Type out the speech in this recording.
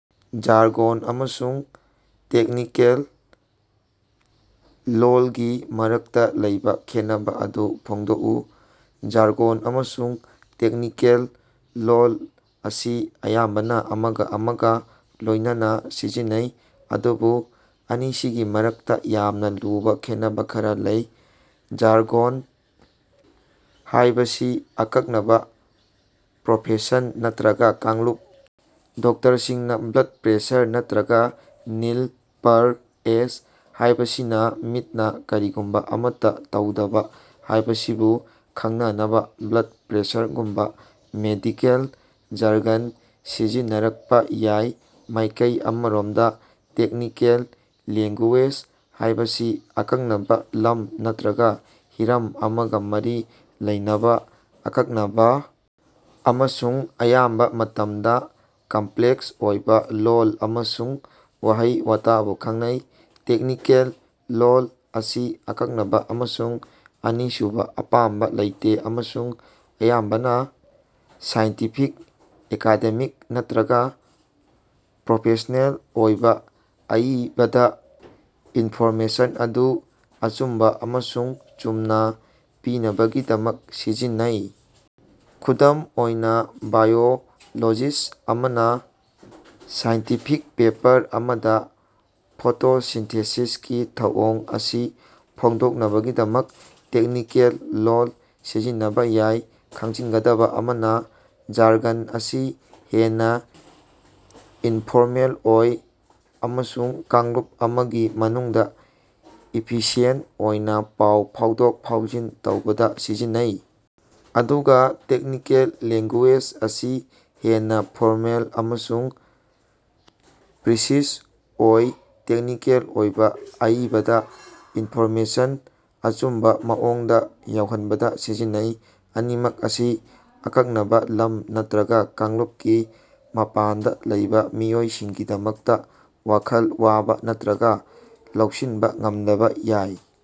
Jargon ꯑꯃꯁꯨꯡ technical ꯂꯣꯜꯒꯤ ꯃꯔꯛꯇꯥ ꯂꯩꯕꯥ ꯈꯦꯠꯅꯕꯥ ꯑꯗꯨ ꯐꯣꯡꯗꯣꯛꯎ꯫ ꯖꯥꯔꯒꯣꯟ ꯑꯃꯁꯨꯡ ꯇꯦꯛꯅꯤꯀꯦꯜ ꯂꯣꯜ ꯑꯁꯤ ꯑꯌꯥꯝꯕꯅꯥ ꯑꯃꯒꯥ ꯑꯃꯒꯥ ꯂꯣꯏꯅꯅꯥ ꯁꯤꯖꯤꯟꯅꯩ ꯑꯗꯨꯕꯨ ꯑꯅꯤꯁꯤꯒꯤ ꯃꯔꯛꯇꯥ ꯌꯥꯝꯅꯥ ꯂꯨꯕꯥ ꯈꯦꯠꯅꯕꯥ ꯈꯔꯥ ꯂꯩ꯫ ꯖꯥꯔꯒꯟ ꯍꯥꯏꯕꯁꯤ ꯑꯀꯛꯅꯕꯥ ꯄ꯭ꯔꯣꯐꯦꯁꯟ ꯅꯠꯇ꯭ꯔꯒꯥ ꯀꯥꯡꯂꯨꯞ ꯗꯣꯛꯇꯔꯁꯤꯡꯅꯥ ꯕ꯭ꯂꯗ ꯄ꯭ꯔꯦꯁꯔ ꯅꯠꯠꯔꯒꯥ ꯅꯤꯜ ꯄꯔ ꯑꯣꯁ ꯍꯥꯏꯕꯁꯤꯅꯥ ꯃꯤꯠꯅꯥ ꯀꯔꯤꯒꯨꯝꯕꯥ ꯑꯃꯠꯇꯥ ꯇꯧꯗꯕꯥ ꯍꯥꯏꯕꯁꯤꯕꯨ ꯈꯪꯅꯅꯕꯥ ꯕ꯭ꯂꯗ ꯄ꯭ꯔꯦꯁꯔꯒꯨꯝꯕꯥ ꯃꯦꯗꯤꯀꯦꯜ ꯖꯔꯒꯟ ꯁꯤꯖꯤꯟꯅꯔꯛꯄꯥ ꯌꯥꯏ꯫ ꯃꯥꯏꯀꯩ ꯑꯃꯔꯣꯃꯗꯥ ꯇꯦꯛꯅꯤꯀꯦꯜ ꯂꯦꯡꯒꯨꯌꯦꯖ ꯍꯥꯏꯕꯁꯤ ꯑꯀꯛꯅꯕꯥ ꯂꯝ ꯅꯠꯇ꯭ꯔꯒꯥ ꯍꯤꯔꯝ ꯑꯃꯒꯥ ꯃꯔꯤ ꯂꯩꯅꯕꯥ ꯑꯀꯛꯅꯕꯥ ꯑꯃꯁꯨꯡ ꯑꯌꯥꯝꯕꯥ ꯃꯇꯝꯗꯥ ꯀꯝꯄ꯭ꯂꯦꯛꯁ ꯑꯣꯏꯕꯥ ꯂꯣꯜ ꯑꯃꯁꯨꯡ ꯋꯥꯍꯩ ꯋꯥꯇꯥꯕꯨ ꯈꯪꯅꯩ꯫ ꯇꯦꯛꯅꯤꯀꯦꯜ ꯂꯣꯜ ꯑꯁꯤ ꯑꯀꯛꯅꯕꯥ ꯑꯃꯁꯨꯡ ꯑꯅꯤꯡꯕꯥ ꯑꯄꯥꯝꯕꯥ ꯂꯩꯇꯦ ꯑꯃꯁꯨꯡ ꯑꯌꯥꯝꯕꯅꯥ ꯁꯥꯏꯟꯇꯤꯐꯤꯛ ꯑꯦꯀꯥꯗꯦꯃꯤꯛ ꯅꯠꯇ꯭ꯔꯒꯥ ꯄ꯭ꯔꯣꯐꯦꯁꯅꯦꯜ ꯑꯣꯏꯕꯥ ꯑꯏꯕꯗꯥ ꯏꯟꯐꯣꯔꯃꯦꯁꯟ ꯑꯗꯨ ꯑꯆꯨꯝꯕꯥ ꯑꯃꯁꯨꯡ ꯆꯨꯝꯅꯥ ꯄꯤꯅꯕꯒꯤꯗꯃꯛ ꯁꯤꯖꯤꯟꯅꯩ꯫ ꯈꯨꯗꯝ ꯑꯣꯏꯅꯥ ꯕꯥꯏꯑꯣꯂꯣꯖꯤꯁ꯭ꯠ ꯑꯃꯅꯥ ꯁꯥꯏꯟꯇꯤꯐꯤꯛ ꯄꯦꯄꯔ ꯑꯃꯗꯥ ꯐꯣꯇꯣꯁꯤꯟꯊꯦꯁꯤꯁꯀꯤ ꯊꯧꯑꯣꯡ ꯑꯁꯤ ꯐꯣꯡꯗꯣꯛꯅꯕꯒꯤꯗꯃꯛ ꯇꯦꯛꯅꯤꯀꯦꯜ ꯂꯣꯜ ꯁꯤꯖꯤꯟꯅꯕꯥ ꯌꯥꯏ꯫ ꯈꯪꯖꯤꯟꯒꯗꯕꯥ ꯑꯃꯅꯥ ꯖꯥꯔꯒꯟ ꯑꯁꯤ ꯍꯦꯟꯅꯥ ꯏꯟꯐꯣꯔꯃꯦꯜ ꯑꯣꯏ ꯑꯃꯁꯨꯡ ꯀꯥꯡꯂꯨꯞ ꯑꯃꯒꯤ ꯃꯅꯨꯡꯗꯥ ꯏꯐꯤꯁꯤꯑꯦꯟꯠ ꯑꯣꯏꯅꯥ ꯄꯥꯎ ꯐꯥꯎꯗꯣꯛ ꯐꯥꯎꯖꯤꯟ ꯇꯧꯕꯗꯥ ꯁꯤꯖꯤꯟꯅꯩ ꯑꯗꯨꯒꯥ ꯇꯦꯛꯅꯤꯀꯦꯜ ꯂꯦꯡꯒꯨꯌꯦꯖ ꯑꯁꯤ ꯍꯦꯟꯅꯥ ꯐꯣꯔꯃꯦꯜ ꯑꯃꯁꯨꯡ ꯄ꯭ꯔꯤꯁꯤꯖ ꯑꯣꯏ ꯇꯦꯛꯅꯤꯀꯦꯜ ꯑꯣꯏꯕꯥ ꯑꯏꯕꯗꯥ ꯏꯟꯐꯣꯔꯃꯦꯁꯟ ꯑꯆꯨꯝꯕꯥ ꯃꯑꯣꯡꯗꯥ ꯌꯧꯍꯟꯕꯗꯥ ꯁꯤꯖꯤꯟꯅꯩ꯫ ꯑꯅꯤꯃꯛ ꯑꯁꯤ ꯑꯀꯛꯅꯕꯥ ꯂꯝ ꯅꯠꯇ꯭ꯔꯒꯥ ꯀꯥꯡꯂꯨꯞꯀꯤ ꯃꯄꯥꯟꯗꯥ ꯂꯩꯕꯥ ꯃꯤꯑꯣꯏꯁꯤꯡꯒꯤꯗꯃꯛꯇꯥ ꯋꯥꯈꯜ ꯋꯥꯕꯥ ꯅꯠꯇ꯭ꯔꯒꯥ ꯂꯧꯁꯤꯟꯕꯥ ꯉꯝꯗꯕꯥ ꯌꯥꯏ꯫